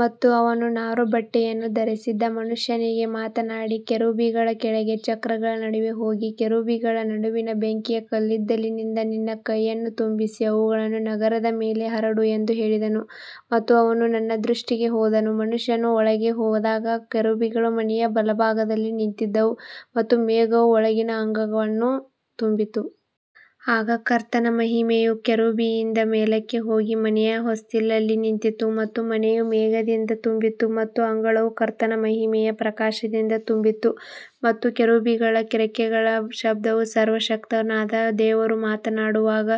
ಮತ್ತು ಅವನು ನಾರುಬಟ್ಟೆಯನ್ನು ಧರಿಸಿದ್ದ ಮನುಷ್ಯನಿಗೆ ಮಾತನಾಡಿ, ಕೆರೂಬಿಗಳ ಕೆಳಗೆ ಚಕ್ರಗಳ ನಡುವೆ ಹೋಗಿ, ಕೆರೂಬಿಗಳ ನಡುವಿನ ಬೆಂಕಿಯ ಕಲ್ಲಿದ್ದಲಿನಿಂದ ನಿನ್ನ ಕೈಯನ್ನು ತುಂಬಿಸಿ ಅವುಗಳನ್ನು ನಗರದ ಮೇಲೆ ಹರಡು ಎಂದು ಹೇಳಿದನು ಮತ್ತು ಅವನು ನನ್ನ ದೃಷ್ಟಿಗೆ ಹೋದನು. ಮನುಷ್ಯನು ಒಳಗೆ ಹೋದಾಗ ಕೆರೂಬಿಗಳು ಮನೆಯ ಬಲಭಾಗದಲ್ಲಿ ನಿಂತಿದ್ದವು ಮತ್ತು ಮೇಘವು ಒಳಗಿನ ಅಂಗಳವನ್ನು ತುಂಬಿತು. ಆಗ ಕರ್ತನ ಮಹಿಮೆಯು ಕೆರೂಬಿಯಿಂದ ಮೇಲಕ್ಕೆ ಹೋಗಿ ಮನೆಯ ಹೊಸ್ತಿಲಲ್ಲಿ ನಿಂತಿತು ಮತ್ತು ಮನೆಯು ಮೇಘದಿಂದ ತುಂಬಿತ್ತು ಮತ್ತು ಅಂಗಳವು ಕರ್ತನ ಮಹಿಮೆಯ ಪ್ರಕಾಶದಿಂದ ತುಂಬಿತ್ತು. ಮತ್ತು ಕೆರೂಬಿಗಳ ರೆಕ್ಕೆಗಳ ಶಬ್ದವು ಸರ್ವಶಕ್ತನಾದ ದೇವರು ಮಾತನಾಡುವಾಗ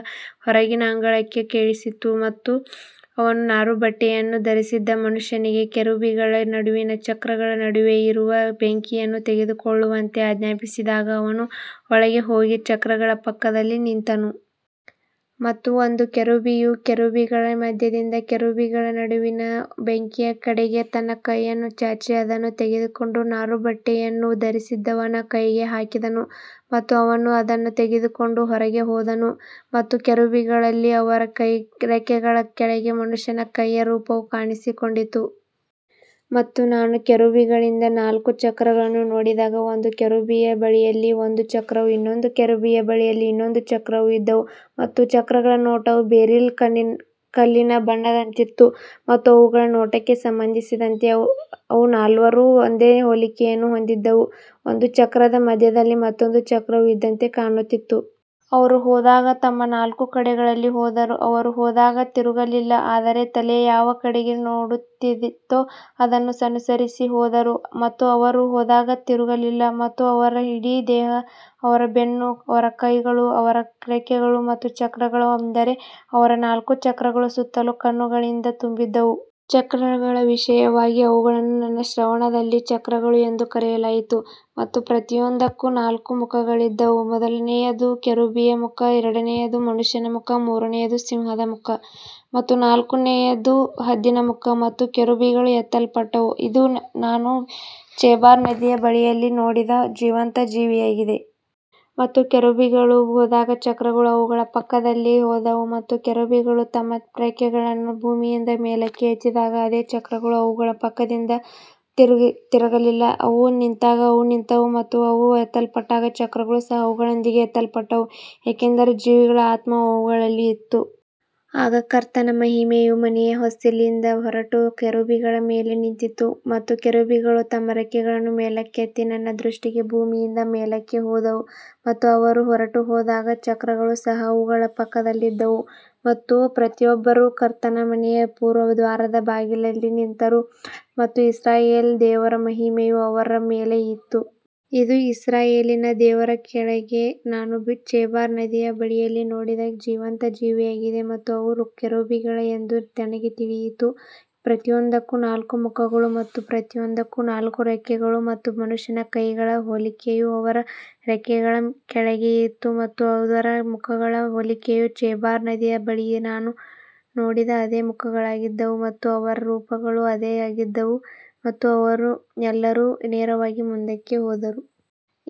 ಹೊರಗಿನ ಅಂಗಳಕ್ಕೆ ಕೇಳಿಸಿತು. ಮತ್ತು ಅವನು ನಾರುಬಟ್ಟೆಯನ್ನು ಧರಿಸಿದ್ದ ಮನುಷ್ಯನಿಗೆ ಕೆರೂಬಿಗಳ ನಡುವಿನ ಚಕ್ರಗಳ ನಡುವೆ ಇರುವ ಬೆಂಕಿಯನ್ನು ತೆಗೆದುಕೊಳ್ಳುವಂತೆ ಆಜ್ಞಾಪಿಸಿದಾಗ ಅವನು ಒಳಗೆ ಹೋಗಿ ಚಕ್ರಗಳ ಪಕ್ಕದಲ್ಲಿ ನಿಂತನು. ಮತ್ತು ಒಂದು ಕೆರೂಬಿಯು ಕೆರೂಬಿಗಳ ಮಧ್ಯದಿಂದ ಕೆರೂಬಿಗಳ ನಡುವಿನ ಬೆಂಕಿಯ ಕಡೆಗೆ ತನ್ನ ಕೈಯನ್ನು ಚಾಚಿ ಅದನ್ನು ತೆಗೆದುಕೊಂಡು ನಾರುಬಟ್ಟೆಯನ್ನು ಧರಿಸಿದ್ದವನ ಕೈಗೆ ಹಾಕಿದನು ಮತ್ತು ಅವನು ಅದನ್ನು ತೆಗೆದುಕೊಂಡು ಹೊರಗೆ ಹೋದನು. ಮತ್ತು ಕೆರೂಬಿಗಳಲ್ಲಿ ಅವರ ರೆಕ್ಕೆಗಳ ಕೆಳಗೆ ಮನುಷ್ಯನ ಕೈಯ ರೂಪವು ಕಾಣಿಸಿಕೊಂಡಿತು. ಮತ್ತು ನಾನು ಕೆರೂಬಿಗಳಿಂದ ನಾಲ್ಕು ಚಕ್ರಗಳನ್ನು ನೋಡಿದಾಗ, ಒಂದು ಕೆರೂಬಿಯ ಬಳಿಯಲ್ಲಿ ಒಂದು ಚಕ್ರವೂ ಇನ್ನೊಂದು ಕೆರೂಬಿಯ ಬಳಿಯಲ್ಲಿ ಇನ್ನೊಂದು ಚಕ್ರವೂ ಇದ್ದವು ಮತ್ತು ಚಕ್ರಗಳ ನೋಟವು ಬೆರಿಲ್ ಕಲ್ಲಿನ ಬಣ್ಣದಂತಿತ್ತು. ಮತ್ತು ಅವುಗಳ ನೋಟಕ್ಕೆ ಸಂಬಂಧಿಸಿದಂತೆ ಅವು ನಾಲ್ವರೂ ಒಂದೇ ಹೋಲಿಕೆಯನ್ನು ಹೊಂದಿದ್ದವು, ಒಂದು ಚಕ್ರದ ಮಧ್ಯದಲ್ಲಿ ಮತ್ತೊಂದು ಚಕ್ರವು ಇದ್ದಂತೆ ಕಾಣುತ್ತಿತ್ತು. ಅವರು ಹೋದಾಗ ತಮ್ಮ ನಾಲ್ಕು ಕಡೆಗಳಲ್ಲಿ ಹೋದರು, ಅವರು ಹೋದಾಗ ತಿರುಗಲಿಲ್ಲ, ಆದರೆ ತಲೆ ಯಾವ ಕಡೆಗೆ ನೋಡುತ್ತಿತ್ತೋ ಅದನ್ನು ಅನುಸರಿಸಿ ಹೋದರು ಮತ್ತು ಅವರು ಹೋದಾಗ ತಿರುಗಲಿಲ್ಲ. ಮತ್ತು ಅವರ ಇಡೀ ದೇಹ, ಅವರ ಬೆನ್ನು, ಅವರ ಕೈಗಳು, ಅವರ ರೆಕ್ಕೆಗಳು ಮತ್ತು ಚಕ್ರಗಳು, ಅಂದರೆ ಅವರ ನಾಲ್ಕು ಚಕ್ರಗಳು, ಸುತ್ತಲೂ ಕಣ್ಣುಗಳಿಂದ ತುಂಬಿದ್ದವು. ಚಕ್ರಗಳ ವಿಷಯವಾಗಿ ಅವುಗಳನ್ನು ನನ್ನ ಶ್ರವಣದಲ್ಲಿ ಚಕ್ರಗಳು ಎಂದು ಕರೆಯಲಾಯಿತು. ಮತ್ತು ಪ್ರತಿಯೊಂದಕ್ಕೂ ನಾಲ್ಕು ಮುಖಗಳಿದ್ದವು, ಮೊದಲನೆಯದು ಕೆರೂಬಿಯ ಮುಖ, ಎರಡನೆಯದು ಮನುಷ್ಯನ ಮುಖ, ಮೂರನೆಯದು ಸಿಂಹದ ಮುಖ ಮತ್ತು ನಾಲ್ಕನೆಯದು ಹದ್ದಿನ ಮುಖ. ಮತ್ತು ಕೆರೂಬಿಗಳು ಎತ್ತಲ್ಪಟ್ಟವು. ಇದು ನಾನು ಚೆಬಾರ್ ನದಿಯ ಬಳಿಯಲ್ಲಿ ನೋಡಿದ ಜೀವಂತ ಜೀವಿಯಾಗಿದೆ. ಮತ್ತು ಕೆರೂಬಿಗಳು ಹೋದಾಗ ಚಕ್ರಗಳು ಅವುಗಳ ಪಕ್ಕದಲ್ಲಿ ಹೋದವು ಮತ್ತು ಕೆರೂಬಿಗಳು ತಮ್ಮ ರೆಕ್ಕೆಗಳನ್ನು ಭೂಮಿಯಿಂದ ಮೇಲಕ್ಕೆ ಎತ್ತಿದಾಗ ಅದೇ ಚಕ್ರಗಳು ಅವುಗಳ ಪಕ್ಕದಿಂದ ತಿರುಗಲಿಲ್ಲ. ಅವು ನಿಂತಾಗ ಅವು ನಿಂತವು ಮತ್ತು ಅವು ಎತ್ತಲ್ಪಟ್ಟಾಗ ಚಕ್ರಗಳು ಸಹ ಅವುಗಳೊಂದಿಗೆ ಎತ್ತಲ್ಪಟ್ಟವು, ಏಕೆಂದರೆ ಜೀವಿಗಳ ಆತ್ಮವು ಅವುಗಳಲ್ಲಿ ಇತ್ತು. ಆಗ ಕರ್ತನ ಮಹಿಮೆಯು ಮನೆಯ ಹೊಸ್ತಿಲಿಂದ ಹೊರಟು ಕೆರೂಬಿಗಳ ಮೇಲೆ ನಿಂತಿತು. ಮತ್ತು ಕೆರೂಬಿಗಳು ತಮ್ಮ ರೆಕ್ಕೆಗಳನ್ನು ಮೇಲಕ್ಕೆತ್ತಿ ನನ್ನ ದೃಷ್ಟಿಗೆ ಭೂಮಿಯಿಂದ ಮೇಲಕ್ಕೆ ಹೋದವು ಮತ್ತು ಅವರು ಹೊರಟುಹೋದಾಗ ಚಕ್ರಗಳು ಸಹ ಅವುಗಳ ಪಕ್ಕದಲ್ಲಿದ್ದವು. ಮತ್ತು ಪ್ರತಿಯೊಬ್ಬರೂ ಕರ್ತನ ಮನೆಯ ಪೂರ್ವ ದ್ವಾರದ ಬಾಗಿಲಲ್ಲಿ ನಿಂತರು ಮತ್ತು ಇಸ್ರಾಯೇಲ್ ದೇವರ ಮಹಿಮೆಯು ಅವರ ಮೇಲೆ ಇತ್ತು. ಇದು ಇಸ್ರಾಯೇಲಿನ ದೇವರ ಕೆಳಗೆ ನಾನು ಚೆಬಾರ್ ನದಿಯ ಬಳಿಯಲ್ಲಿ ನೋಡಿದ ಜೀವಂತ ಜೀವಿಯಾಗಿದೆ ಮತ್ತು ಅವು ಕೆರೂಬಿಗಳು ಎಂದು ನನಗೆ ತಿಳಿಯಿತು. ಪ್ರತಿಯೊಂದಕ್ಕೂ ನಾಲ್ಕು ಮುಖಗಳು ಮತ್ತು ಪ್ರತಿಯೊಂದಕ್ಕೂ ನಾಲ್ಕು ರೆಕ್ಕೆಗಳು ಮತ್ತು ಮನುಷ್ಯನ ಕೈಗಳ ಹೋಲಿಕೆಯು ಅವರ ರೆಕ್ಕೆಗಳ ಕೆಳಗೆ ಇತ್ತು. ಮತ್ತು ಅವರ ಮುಖಗಳ ಹೋಲಿಕೆಯು ಚೆಬಾರ್ ನದಿಯ ಬಳಿ ನಾನು ನೋಡಿದ ಅದೇ ಮುಖಗಳಾಗಿದ್ದವು ಮತ್ತು ಅವರ ರೂಪಗಳೂ ಅದೇ ಆಗಿದ್ದವು ಮತ್ತು ಅವರು ಎಲ್ಲರೂ ನೇರವಾಗಿ ಮುಂದಕ್ಕೆ ಹೋದರು.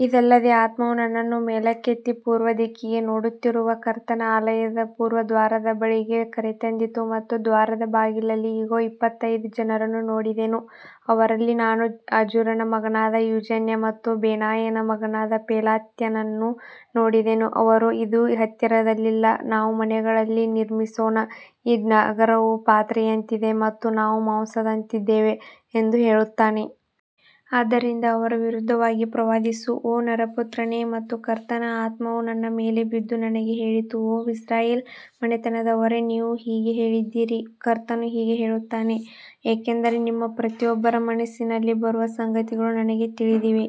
ಇದಲ್ಲದೆ ಆತ್ಮವು ನನ್ನನ್ನು ಮೇಲಕ್ಕೆತ್ತಿ ಪೂರ್ವ ದಿಕ್ಕಿಗೆ ನೋಡುತ್ತಿರುವ ಕರ್ತನ ಆಲಯದ ಪೂರ್ವ ದ್ವಾರದ ಬಳಿಗೆ ಕರೆತಂದಿತು ಮತ್ತು ದ್ವಾರದ ಬಾಗಿಲಲ್ಲಿ ಇಗೋ, ಇಪ್ಪತ್ತೈದು ಜನರನ್ನು ನೋಡಿದೆನು. ಅವರಲ್ಲಿ ನಾನು ಅಜೂರನ ಮಗನಾದ ಯಾಜನ್ಯ ಮತ್ತು ಬೆನಾಯನ ಮಗನಾದ ಪೆಲಾತ್ಯನನ್ನು ನೋಡಿದೆನು. ಅವರು, ಇದು ಹತ್ತಿರದಲ್ಲಿಲ್ಲ, ನಾವು ಮನೆಗಳನ್ನು ನಿರ್ಮಿಸೋಣ, ಈ ನಗರವು ಪಾತ್ರೆಯಂತಿದೆ ಮತ್ತು ನಾವು ಮಾಂಸದಂತಿದ್ದೇವೆ ಎಂದು ಹೇಳುತ್ತಾರೆ. ಆದ್ದರಿಂದ ಅವರ ವಿರುದ್ಧವಾಗಿ ಪ್ರವಾದಿಸು, ಓ ನರಪುತ್ರನೇ. ಮತ್ತು ಕರ್ತನ ಆತ್ಮವು ನನ್ನ ಮೇಲೆ ಬಿದ್ದು ನನಗೆ ಹೇಳಿತು, ಓ ಇಸ್ರಾಯೇಲ್ ಮನೆತನದವರೇ, ನೀವು ಹೀಗೆ ಹೇಳಿದ್ದೀರಿ. ಕರ್ತನು ಹೀಗೆ ಹೇಳುತ್ತಾನೆ, ಏಕೆಂದರೆ ನಿಮ್ಮ ಪ್ರತಿಯೊಬ್ಬರ ಮನಸ್ಸಿನಲ್ಲಿ ಬರುವ ಸಂಗತಿಗಳು ನನಗೆ ತಿಳಿದಿವೆ.